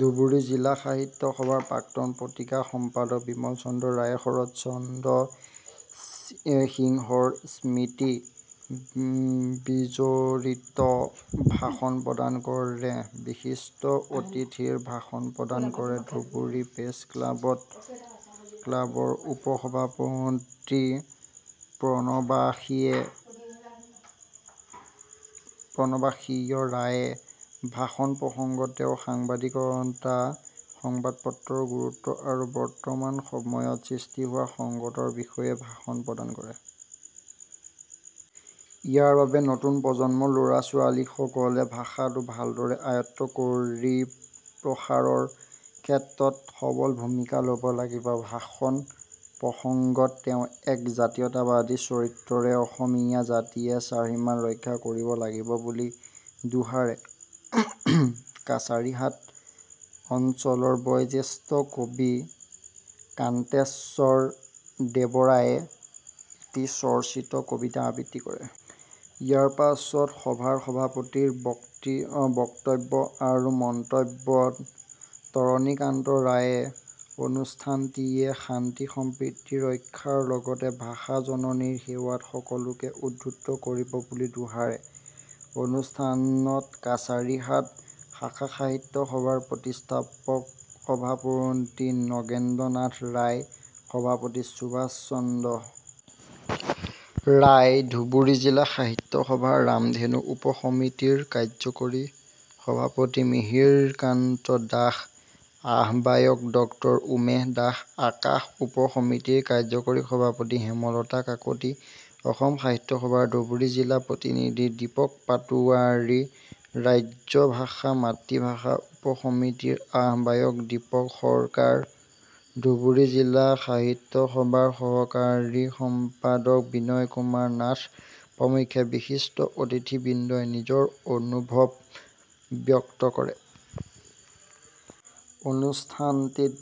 ধুবুৰী জিলা সাহিত্য সভাৰ প্ৰাক্তন পত্ৰিকা সম্পাদক বিমল চন্দ্ৰ ৰায়ে শৰৎচন্দ্ৰ সিংহ স্মৃতি বিজড়িত ভাষণ প্ৰদান কৰে। বিশিষ্ট অতিথিৰ ভাষণ প্ৰদান কৰে ধুবুৰী প্ৰেছ ক্লাবৰ উপ সভাপতি প্ৰণৱাশীয় ৰায়ে। ভাষণ প্ৰসংগত তেওঁ সাংবাদিকতা সংবাদপত্ৰৰ গুৰুত্ব আৰু বৰ্তমান সময়ত সৃষ্টি হোৱা সংকটৰ বিষয়ে ভাষণ প্ৰদান কৰে। ইয়াৰ বাবে নতুন প্ৰজন্মৰ ল'ৰা-ছোৱালীসকলে ভাষাটো ভালদৰে আয়ত্ত্ব কৰি প্ৰসাৰৰ ক্ষেত্ৰত সবল ভূমিকা ল'ব লাগিব। ভাষণ প্ৰসংগত তেওঁ এক জাতীয়তাবাদ চৰিত্ৰৰে অসমীয়া জাতিয়ে স্বাভিমান ৰক্ষা কৰিব লাগিব বুলি দোহাৰে। কাছাৰীহাট অঞ্চলৰ বয়োজ্যেষ্ঠ কবি কান্তেশ্বৰ দেৱৰায়ে এটি স্বৰচিত কবিতা আবৃত্তি কৰে। ইয়াৰ পাছত সভাৰ সভাপতিৰ বক্তব্য আৰু মন্তব্যত তৰণীকান্ত ৰায়ে অনুষ্ঠানটিয়ে শান্তি সম্প্ৰীতি ৰক্ষাৰ লগতে ভাষা জননীৰ সেৱাত সকলোকে উদ্বুদ্ধ কৰিব বুলি দোহাৰে অনুষ্ঠানত কাছাৰীহাট শাখা সাহিত্য সভাৰ প্ৰতিষ্ঠাপক সভাপতি নগেন্দ্ৰনাথ ৰায়, সভাপতি সুভাষচন্দ্ৰ ৰায়, ধুবুৰী জিলা সাহিত্য সভাৰ ৰামধেনু উপ সমিতিৰ কাৰ্যকৰী সভাপতি মিহিৰকান্ত দাস, আহ্বায়ক ডক্টৰ উমেশ দাস, আকাশ উপ সমিতিৰ কাৰ্যকৰী সভাপতি হেমলতা কাকতী, অসম সাহিত্য সভাৰ ধুবুৰী জিলা প্ৰতিনিধি দীপক পাটোৱাৰী, ৰাজ্য ভাষা-মাতৃভাষা উপ সমিতিৰ আহ্বায়ক দীপক সৰকাৰ, ধুবুৰী জিলা সাহিত্য সভাৰ সহকাৰী সম্পাদক বিনয় কুমাৰ নাথ প্ৰমুখ্যে বিশিষ্ট অতিথিবৃন্দই নিজৰ অনুভৱ ব্যক্ত কৰে। অনুষ্ঠানটিত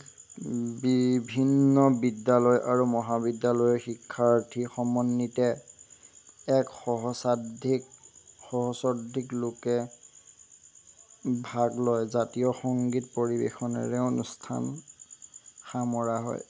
বিভিন্ন বিদ্যালয় আৰু মহাবিদ্যালয়ৰ শিক্ষাৰ্থী সমন্বিতে এক সহস্ৰধিক লোকে ভাগ লয়। জাতীয় সংগীত পৰিৱেশনেৰে অনুষ্ঠান সামৰা হয়।